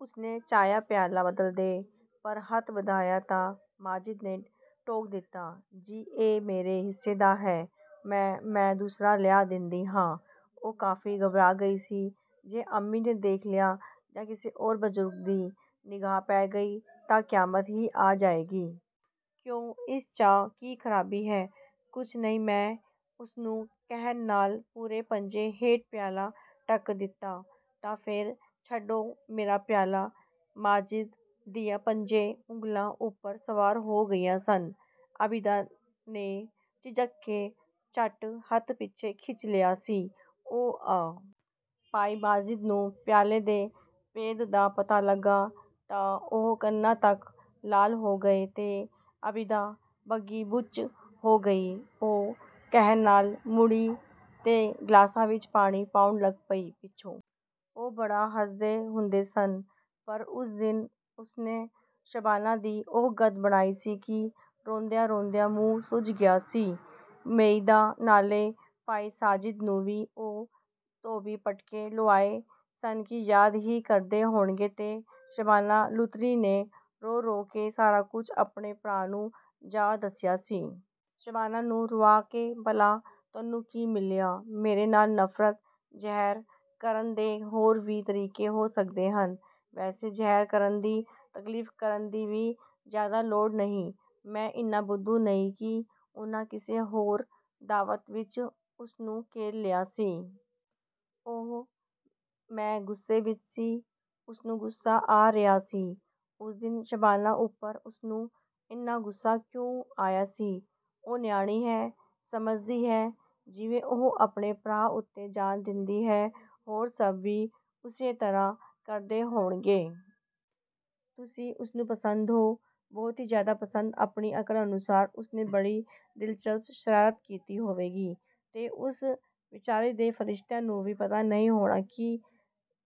ਉਸਨੇ ਚਾਹਿਆ ਪਿਆਲਾ ਬਦਲ ਦੇ, ਪਰ ਹੱਥ ਵਧਾਇਆ ਤਾਂ ਮਾਜਿਦ ਨੇ ਟੋਕ ਦਿੱਤਾ।"ਜੀ, ਇਹ ਮੇਰੇ ਹਿੱਸੇ ਦਾ ਹੈ।""ਮੈਂ-ਮੈਂ, ਦੂਸਰਾ ਲਿਆ ਦੇਂਦੀ ਹਾਂ"। ਉਹ ਕਾਫੀ ਘਬਰਾ ਗਈ ਸੀ, 'ਜੇ ਅੰਮੀ ਨੇ ਦੇਖ ਲਿਆ ਜਾਂ ਕਿਸੇ ਹੋਰ ਬਜ਼ੁਰਗ ਦੀ ਨਿਗਾਹ ਪੈ ਗਈ ਤਾਂ ਕਿਆਮਤ ਹੀ ਆ ਜਾਏਗੀ।' "ਕਿਉਂ, ਇਸ 'ਚ ਕੀ ਖਰਾਬੀ ਹੈ?" "ਕੁੱਝ ਨਹੀਂ, ਮੈਂ।" ਉਸਨੇ ਕਾਹਲ ਨਾਲ, ਪੂਰੇ ਪੰਜੇ ਹੇਠ, ਪਿਆਲਾ ਢਕ ਦਿੱਤਾ।"ਤਾਂ ਫਿਰ ਛੱਡੋ ਮੇਰਾ ਪਿਆਲਾ"। ਮਾਜਿਦ ਦੀਆਂ ਪੰਜੇ ਉਂਗਲਾਂ ਉੱਪਰ ਸਵਾਰ ਹੋ ਗਈਆਂ ਸਨ। ਆਬਿਦਾ ਨੇ ਝਿਜਕ ਕੇ ਝੱਟ ਹੱਥ ਪਿੱਛੇ ਖਿੱਚ ਲਿਆ ਸੀ।"ਓ-ਅ", ਭਾਈ ਮਾਜਿਦ ਨੂੰ ਪਿਆਲੇ ਦੇ ਭੇਦ ਦਾ ਪਤਾ ਲੱਗਾ ਤਾਂ ਉਹ ਕੰਨਾਂ ਤੱਕ ਲਾਲ ਹੋ ਗਏ ਤੇ ਆਬਿਦਾ ਬੱਗੀ-ਬੂਚ ਹੋ ਗਈ। ਉਹ ਕਾਹਲ ਨਾਲ ਮੁੜੀ ਤੇ ਗਲਾਸਾਂ ਵਿੱਚ ਪਾਣੀ ਪਾਉਣ ਲੱਗ ਪਈ। ਪਿੱਛੋਂ ਉਹ ਬੜਾ ਹੱਸਦੇ ਹੁੰਦੇ ਸਨ, ਪਰ ਉਸ ਦਿਨ ਉਸਨੇ ਸ਼ਬਾਨਾ ਦੀ ਉਹ ਗਤ ਬਣਾਈ ਸੀ ਕਿ ਰੋਂਦਿਆਂ-ਰੋਂਦਿਆਂ ਮੂੰਹ ਸੁੱਜ ਗਿਆ ਸੀ ਮੋਈ ਦਾ ਨਾਲੇ ਭਾਈ ਮਾਜਿਦ ਨੂੰ ਵੀ ਉਹ ਧੋਬੀ ਪਟਕੇ ਲੁਆਏ ਸਨ ਕਿ ਯਾਦ ਹੀ ਕਰਦੇ ਹੋਣਗੇ ਤੇ ਸ਼ਬਾਨਾ ਲੁਤਰੀ ਨੇ ਰੋ-ਰੋ ਕੇ ਸਾਰਾ ਕੁਝ ਆਪਣੇ ਭਰਾ ਨੂੰ ਜਾ ਦੱਸਿਆ ਸੀ। "ਸ਼ਬਾਨਾ ਨੂੰ ਰੁਆ ਕੇ ਭਲਾ ਤੁਹਾਨੂੰ ਕੀ ਮਿਲਿਆ? ਮੇਰੇ ਨਾਲ ਨਫ਼ਰਤ ਜ਼ਾਹਰ ਕਰਨ ਦੇ ਹੋਰ ਵੀ ਤਰੀਕੇ ਹੋ ਸਕਦੇ ਸਨ। ਵੈਸੇ ਜ਼ਾਹਰ ਕਰਨ ਦੀ ਤਕਲੀਫ਼ ਕਰਨ ਦੀ ਵੀ ਜ਼ਿਆਦਾ ਲੋੜ ਨਹੀਂ, ਮੈਂ ਇੰਨਾ ਬੁੱਧੂ ਨਹੀਂ ਕਿ"-- ਉਨ੍ਹਾਂ ਕਿਸੇ ਹੋਰ ਦਾਵਤ ਵਿੱਚ ਉਸਨੂੰ ਘੇਰ ਲਿਆ ਸੀ। "ਉਹ, ਮੈਂ ਗੁੱਸੇ ਵਿੱਚ ਸੀ", ਉਸਨੂੰ ਗੁੱਸਾ ਆ ਰਿਹਾ ਕਿ ਉਸ ਦਿਨ ਸ਼ਬਾਨਾ ਉੱਪਰ ਉਸਨੂੰ ਇੰਨਾ ਗੁੱਸਾ ਕਿਉਂ ਆਇਆ ਸੀ। "ਉਹ ਨਿਆਣੀ ਹੈ, ਸਮਝਦੀ ਹੈ ਜਿਵੇਂ ਉਹ ਆਪਣੇ ਭਰਾ ਉੱਤੇ ਜਾਨ ਦਿੰਦੀ ਹੈ, ਹੋਰ ਸਭ ਵੀ ਉਸੇ ਤਰ੍ਹਾਂ ਕਰਦੇ ਹੋਣਗੇ। ਤੁਸੀਂ ਉਸਨੂੰ ਪਸੰਦ ਹੋ, ਬਹੁਤ ਹੀ ਜ਼ਿਆਦਾ ਪਸੰਦ ਆਪਣੀ ਅਕਲ ਅਨੁਸਾਰ ਉਸਨੇ ਬੜੀ ਦਿਲਚਸਪ ਸ਼ਰਾਰਤ ਕੀਤੀ ਹੋਵੇਗੀ, ਤੇ ਉਸ ਵਿਚਾਰੀ ਦੇ ਫਰਿਸ਼ਤਿਆਂ ਨੂੰ ਵੀ ਪਤਾ ਨਹੀਂ ਹੋਣਾ ਕਿ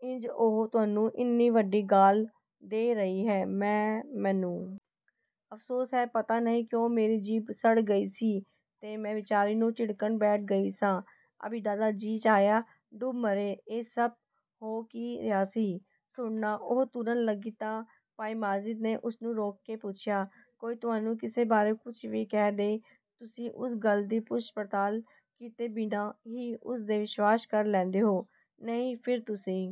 ਇੰਜ ਉਹ ਤੁਹਾਨੂੰ ਇੰਨੀ ਵੱਡੀ ਗਾਲ੍ਹ ਦੇ ਰਹੀ ਹੈ"।"ਮੈਂ-ਮੈਨੂੰ ਅਫ਼ਸੋਸ ਹੈ, ਪਤਾ ਨਹੀਂ ਕਿਉਂ ਮੇਰੀ ਜੀਭ ਸੜ ਗਈ ਸੀ ਤੇ ਮੈਂ ਵਿਚਾਰੀ ਨੂੰ ਝਿੜਕਣ ਬੈਠ ਗਈ ਸਾਂ"। ਆਬਿਦਾ ਦਾ ਜੀਅ ਚਾਹਿਆ, ਡੁੱਬ ਮਰੇ। ਇਹ ਸਭ ਹੋ ਕੀ ਰਿਹਾ ਸੀ?"ਸੁਣਨਾ", ਉਹ ਤੁਰਨ ਲੱਗੀ ਤਾਂ ਭਾਈ ਮਾਜਿਦ ਨੇ ਉਸਨੂੰ ਰੋਕ ਕੇ ਪੁੱਛਿਆ,"ਕੋਈ ਤੁਹਾਨੂੰ ਕਿਸੇ ਬਾਰੇ ਕੁਝ ਵੀ ਕਹਿ ਦੇ, ਤੁਸੀਂ ਉਸ ਗੱਲ ਦੀ ਪੁੱਛ-ਪੜਤਾਲ ਕੀਤੇ ਬਿਨਾਂ ਹੀ ਉਸ 'ਤੇ ਵਿਸ਼ਵਾਸ ਕਰ ਲੈਂਦੇ ਹੋ"। "ਨਹੀਂ"।"ਫਿਰ ਤੁਸੀਂ